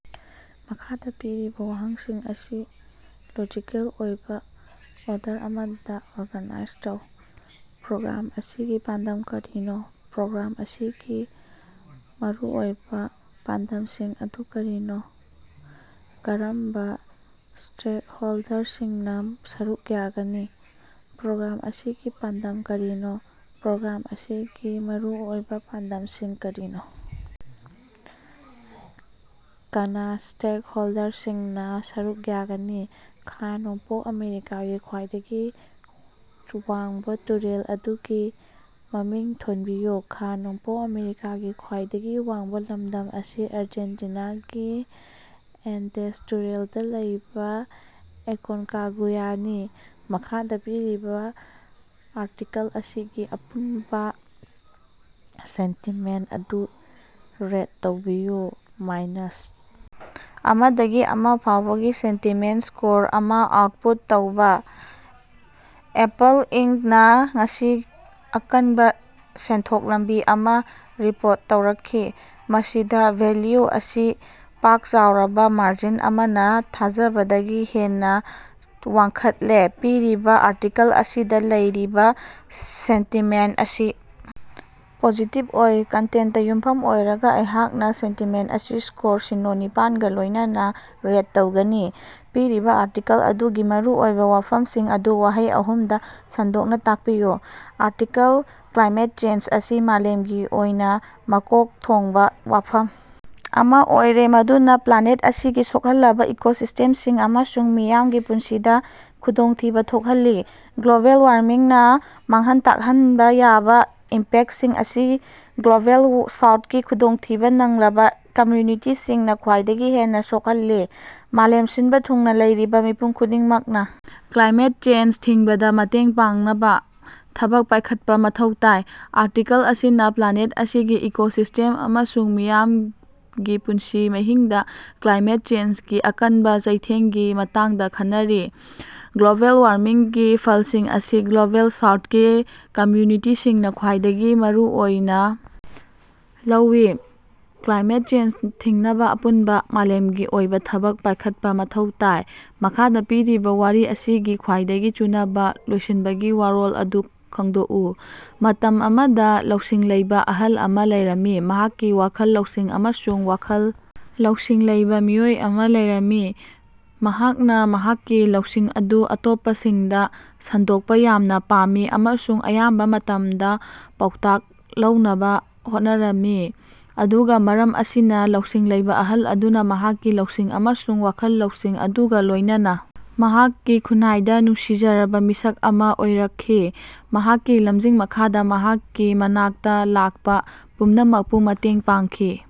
ꯃꯈꯥꯗꯥ ꯄꯤꯔꯤꯕꯥ ꯋꯥꯍꯪꯁꯤꯡ ꯑꯁꯤ ꯂꯣꯖꯤꯀꯦꯜ ꯑꯣꯏꯕꯥ ꯑꯣꯔꯗꯔ ꯑꯃꯗꯥ ꯑꯣꯔꯒꯥꯅꯥꯏꯖ ꯇꯧ꯫ ꯄ꯭ꯔꯣꯒ꯭ꯔꯥꯝ ꯑꯁꯤꯒꯤ ꯄꯥꯟꯗꯝ ꯀꯔꯤꯅꯣ? ꯄ꯭ꯔꯣꯒ꯭ꯔꯥꯝ ꯑꯁꯤꯒꯤ ꯃꯔꯨꯑꯣꯏꯕꯥ ꯄꯥꯟꯗꯝꯁꯤꯡ ꯑꯗꯨ ꯀꯔꯤꯅꯣ? ꯀꯔꯝꯕ ꯁ꯭ꯇꯦꯛꯍꯣꯜꯗꯔꯁꯤꯡꯅ ꯁꯔꯨꯛ ꯌꯥꯒꯅꯤ? ꯄ꯭ꯔꯣꯒ꯭ꯔꯥꯝ ꯑꯁꯤꯒꯤ ꯄꯥꯟꯗꯝ ꯀꯔꯤꯅꯣ? ꯄ꯭ꯔꯣꯒ꯭ꯔꯥꯝ ꯑꯁꯤꯒꯤ ꯃꯔꯨꯑꯣꯏꯕ ꯄꯥꯟꯗꯝꯁꯤꯡ ꯀꯔꯤꯅꯣ? ꯀꯅꯥ ꯁ꯭ꯇꯦꯛꯍꯣꯜꯗꯔꯁꯤꯡꯅ ꯁꯔꯨꯛ ꯌꯥꯒꯅꯤ? ꯈꯥ-ꯅꯣꯡꯄꯣꯛ ꯑꯥꯃꯦꯔꯤꯀꯥꯒꯤ ꯈ꯭ꯋꯥꯏꯗꯒꯤ ꯋꯥꯡꯕꯥ ꯇꯨꯔꯦꯜ ꯑꯗꯨꯒꯤ ꯃꯃꯤꯡ ꯊꯣꯟꯕꯤꯌꯨ꯫ ꯈꯥ-ꯅꯣꯡꯄꯣꯛ ꯑꯥꯃꯦꯔꯤꯀꯥꯒꯤ ꯈ꯭ꯋꯥꯏꯗꯒꯤ ꯋꯥꯡꯕꯥ ꯂꯝꯗꯝ ꯑꯁꯤ ꯑꯔꯖꯦꯟꯇꯤꯅꯥꯒꯤ ꯑꯦꯟꯗꯦꯁ ꯇꯨꯔꯦꯜꯗ ꯂꯩꯕ ꯑꯦꯀꯣꯟꯀꯥꯒꯨꯌꯥꯅꯤ꯫ ꯃꯈꯥꯗꯥ ꯄꯤꯔꯤꯕꯥ ꯑꯥꯔꯇꯤꯀꯦꯜ ꯑꯁꯤꯒꯤ ꯑꯄꯨꯟꯕ ꯁꯦꯟꯇꯤꯃꯦꯟꯇ ꯑꯗꯨ ꯔꯦꯠ ꯇꯧꯕꯤꯌꯨ꯫ ꯃꯥꯏꯅꯁ ꯑꯃꯗꯒꯤ ꯑꯃ ꯐꯥꯎꯕꯒꯤ ꯁꯦꯟꯇꯤꯃꯦꯟꯇ ꯁ꯭ꯀꯣꯔ ꯑꯃꯥ ꯑꯥꯎꯠꯄꯨꯠ ꯇꯧꯕꯥ꯫ ꯑꯦꯄꯜ ꯏꯟꯀꯅ ꯉꯁꯤ ꯑꯀꯟꯕꯥ ꯁꯦꯟꯊꯣꯛ ꯂꯝꯕꯤ ꯑꯃꯥ ꯔꯤꯄꯣꯔꯠ ꯇꯧꯔꯛꯈꯤ, ꯃꯁꯤꯗꯥ ꯔꯦꯚꯤꯟꯌꯨ ꯑꯁꯤ ꯄꯥꯛ ꯆꯥꯎꯔꯕ ꯃꯥꯔꯖꯤꯟ ꯑꯃꯅꯥ ꯊꯥꯖꯕꯗꯒꯤ ꯍꯦꯟꯅꯥ ꯋꯥꯡꯈꯠꯂꯦ꯫ ꯄꯤꯔꯤꯕꯥ ꯑꯥꯔꯇꯤꯀꯜ ꯑꯁꯤꯗꯥ ꯂꯩꯔꯤꯕ ꯁꯦꯟꯇꯤꯃꯦꯟꯇ ꯑꯁꯤ ꯄꯣꯖꯤꯇꯤꯕ ꯑꯣꯏ꯫ ꯀꯟꯇꯦꯟꯇꯇꯥ ꯌꯨꯝꯐꯝ ꯑꯣꯏꯔꯒꯥ ꯑꯩꯍꯥꯛꯅ ꯁꯦꯟꯇꯤꯃꯦꯟꯇ ꯑꯁꯤ ꯁ꯭ꯀꯣꯔ ꯁꯤꯅ‌ꯣ ꯅꯤꯄꯥꯟꯒꯥ ꯂꯣꯏꯅꯅꯥ ꯔꯦꯠ ꯇꯧꯒꯅꯤ꯫ ꯄꯤꯔꯤꯕꯥ ꯑꯥꯔꯇꯤꯀꯜ ꯑꯗꯨꯒꯤ ꯃꯔꯨꯑꯣꯏꯕꯥ ꯋꯥꯐꯝꯁꯤꯡ ꯑꯗꯨ ꯋꯥꯍꯩ ꯑꯍꯨꯝꯗꯥ ꯁꯟꯗꯣꯛꯅ ꯇꯥꯛꯄꯤꯌꯨ꯫ ꯑꯥꯔꯇꯤꯀꯜ: ꯀ꯭ꯂꯥꯏꯃꯦꯠ ꯆꯦꯟꯖ ꯑꯁꯤ ꯃꯥꯂꯦꯝꯒꯤ ꯑꯣꯏꯅꯥ ꯃꯀꯣꯛ ꯊꯣꯡꯕꯥ ꯋꯥꯐꯝ ꯑꯃꯥ ꯑꯣꯏꯔꯦ ꯃꯗꯨꯅꯥ ꯄ꯭ꯂꯥꯅꯦꯠ ꯑꯁꯤꯒꯤ ꯁꯣꯛꯍꯜꯂꯕꯥ ꯏꯀꯣꯁꯤꯁ꯭ꯇꯦꯝꯁꯤꯡ ꯑꯃꯁꯨꯡ ꯃꯤꯌꯥꯝꯒꯤ ꯄꯨꯟꯁꯤꯗ ꯈꯨꯗꯣꯡꯊꯤꯕꯥ ꯊꯣꯛꯍꯜꯂꯤ꯫ ꯒ꯭ꯂꯣꯕꯦꯜ ꯋꯥꯔꯃꯤꯡꯅ ꯃꯥꯡꯍꯟ ꯇꯥꯛꯍꯟꯕ ꯌꯥꯕ ꯏꯝꯄꯦꯛꯇꯁꯤꯡ ꯑꯁꯤ ꯒ꯭ꯂꯣꯕꯦꯜ ꯁꯥꯎꯠꯀꯤ ꯈꯨꯗꯣꯡꯊꯤꯕ ꯅꯪꯂꯕ ꯀꯃꯌꯨꯅꯤꯇꯤꯁꯤꯡꯅꯥ ꯈ꯭ꯋꯥꯏꯗꯒꯤ ꯍꯦꯟꯅꯥ ꯁꯣꯛꯍꯜꯂꯤ꯫ ꯃꯥꯂꯦꯝ ꯁꯤꯟꯕꯥ ꯊꯨꯡꯅꯥ ꯂꯩꯔꯤꯕꯥ ꯃꯤꯄꯨꯝ ꯈꯨꯗꯤꯡꯃꯛꯅꯥ ꯀ꯭ꯂꯥꯏꯃꯦꯠ ꯆꯦꯟꯖ ꯊꯤꯡꯕꯗꯥ ꯃꯇꯦꯡ ꯄꯥꯡꯅꯕꯥ ꯊꯕꯛ ꯄꯥꯏꯈꯠꯄꯥ ꯃꯊꯧ ꯇꯥꯏ꯫ ꯑꯥꯔꯇꯤꯀꯜ ꯑꯁꯤꯅꯥ ꯄ꯭ꯂꯥꯅꯦꯠ ꯑꯁꯤꯒꯤ ꯏꯀꯣꯁꯤꯁ꯭ꯇꯦꯝ ꯑꯃꯁꯨꯡ ꯃꯤꯌꯥꯝꯒꯤ ꯄꯨꯟꯁꯤ ꯃꯍꯤꯡꯗꯥ ꯀ꯭ꯂꯥꯏꯃꯦꯠ ꯆꯦꯟꯖꯒꯤ ꯑꯀꯟꯕꯥ ꯆꯩꯊꯦꯡꯒꯤ ꯃꯇꯥꯡꯗ ꯈꯟꯅꯔꯤ꯫ ꯒ꯭ꯂꯣꯕꯦꯜ ꯋꯥꯔꯃꯤꯡꯒꯤ ꯐꯂꯁꯤꯡ ꯑꯁꯤ ꯒ꯭ꯂꯣꯕꯦꯜ ꯁꯥꯎꯊꯀꯤ ꯀꯝꯌꯨꯅꯤꯇꯤꯁꯤꯡꯅꯥ ꯈ꯭ꯕꯥꯏꯗꯒꯤ ꯃꯔꯨꯑꯣꯏꯅꯥ ꯂꯧꯏ꯫ ꯀ꯭ꯂꯥꯏꯃꯦꯠ ꯆꯦꯟꯖ ꯊꯤꯡꯅꯕꯥ ꯑꯄꯨꯅꯕꯥ ꯃꯥꯂꯦꯃꯒꯤ ꯑꯣꯏꯕꯥ ꯊꯕꯛ ꯄꯥꯌꯈꯠꯄꯥ ꯃꯊꯧ ꯇꯥꯏ꯫ ꯃꯈꯥꯗꯥ ꯄꯤꯔꯤꯕꯥ ꯋꯥꯔꯤ ꯑꯁꯤꯒꯤ ꯈ꯭ꯋꯥꯏꯗꯒꯤ ꯆꯨꯅꯕꯥ ꯂꯣꯏꯁꯤꯟꯕꯒꯤ ꯋꯥꯔꯣꯜ ꯑꯗꯨ ꯈꯪꯗꯣꯛꯎ꯫ ꯃꯇꯝ ꯑꯃꯗꯥ ꯂꯧꯁꯤꯡ ꯂꯩꯕꯥ ꯑꯍꯜ ꯑꯃꯥ ꯂꯩꯔꯝꯃꯤ, ꯃꯍꯥꯛꯀꯤ ꯋꯥꯈꯜ ꯂꯧꯁꯤꯡ ꯑꯃꯁꯨꯡ ꯋꯥꯈꯜ ꯂꯧꯁꯤꯡ ꯂꯩꯕꯥ ꯃꯤꯑꯣꯏ ꯑꯃꯥ ꯂꯩꯔꯝꯃꯤ꯫ ꯃꯍꯥꯛꯅꯥ ꯃꯍꯥꯛꯀꯤ ꯂꯧꯁꯤꯡ ꯑꯗꯨ ꯑꯇꯣꯞꯄꯁꯤꯡꯗꯥ ꯁꯟꯗꯣꯛꯄꯥ ꯌꯥꯝꯅꯥ ꯄꯥꯝꯃꯤ ꯑꯃꯁꯨꯡ ꯑꯌꯥꯝꯕꯥ ꯃꯇꯝꯗꯥ ꯄꯥꯎꯇꯥꯛ ꯂꯧꯅꯕꯥ ꯍꯣꯠꯅꯔꯝꯃꯤ꯫ ꯑꯗꯨꯒꯥ ꯃꯔꯝ ꯑꯁꯤꯅꯥ, ꯂꯧꯁꯤꯡ ꯂꯩꯕꯥ ꯑꯍꯜ ꯑꯗꯨꯅꯥ ꯃꯍꯥꯛꯀꯤ ꯂꯧꯁꯤꯡ ꯑꯃꯁꯨꯡ ꯋꯥꯈꯜ ꯂꯧꯁꯤꯡ ꯑꯗꯨꯒꯥ ꯂꯣꯏꯅꯅꯥ ꯃꯍꯥꯛꯀꯤ ꯈꯨꯟꯅꯥꯏꯗꯥ ꯅꯨꯡꯁꯤꯖꯔꯕꯥ ꯃꯤꯁꯛ ꯑꯃꯥ ꯑꯣꯏꯔꯛꯈꯤ, ꯃꯍꯥꯛꯀꯤ ꯂꯝꯖꯤꯡ ꯃꯈꯥꯗꯥ ꯃꯍꯥꯛꯀꯤ ꯃꯅꯥꯛꯇꯥ ꯂꯥꯛꯄꯥ ꯄꯨꯝꯅꯃꯛꯄꯨ ꯃꯇꯦꯡ ꯄꯥꯡꯈꯤ꯫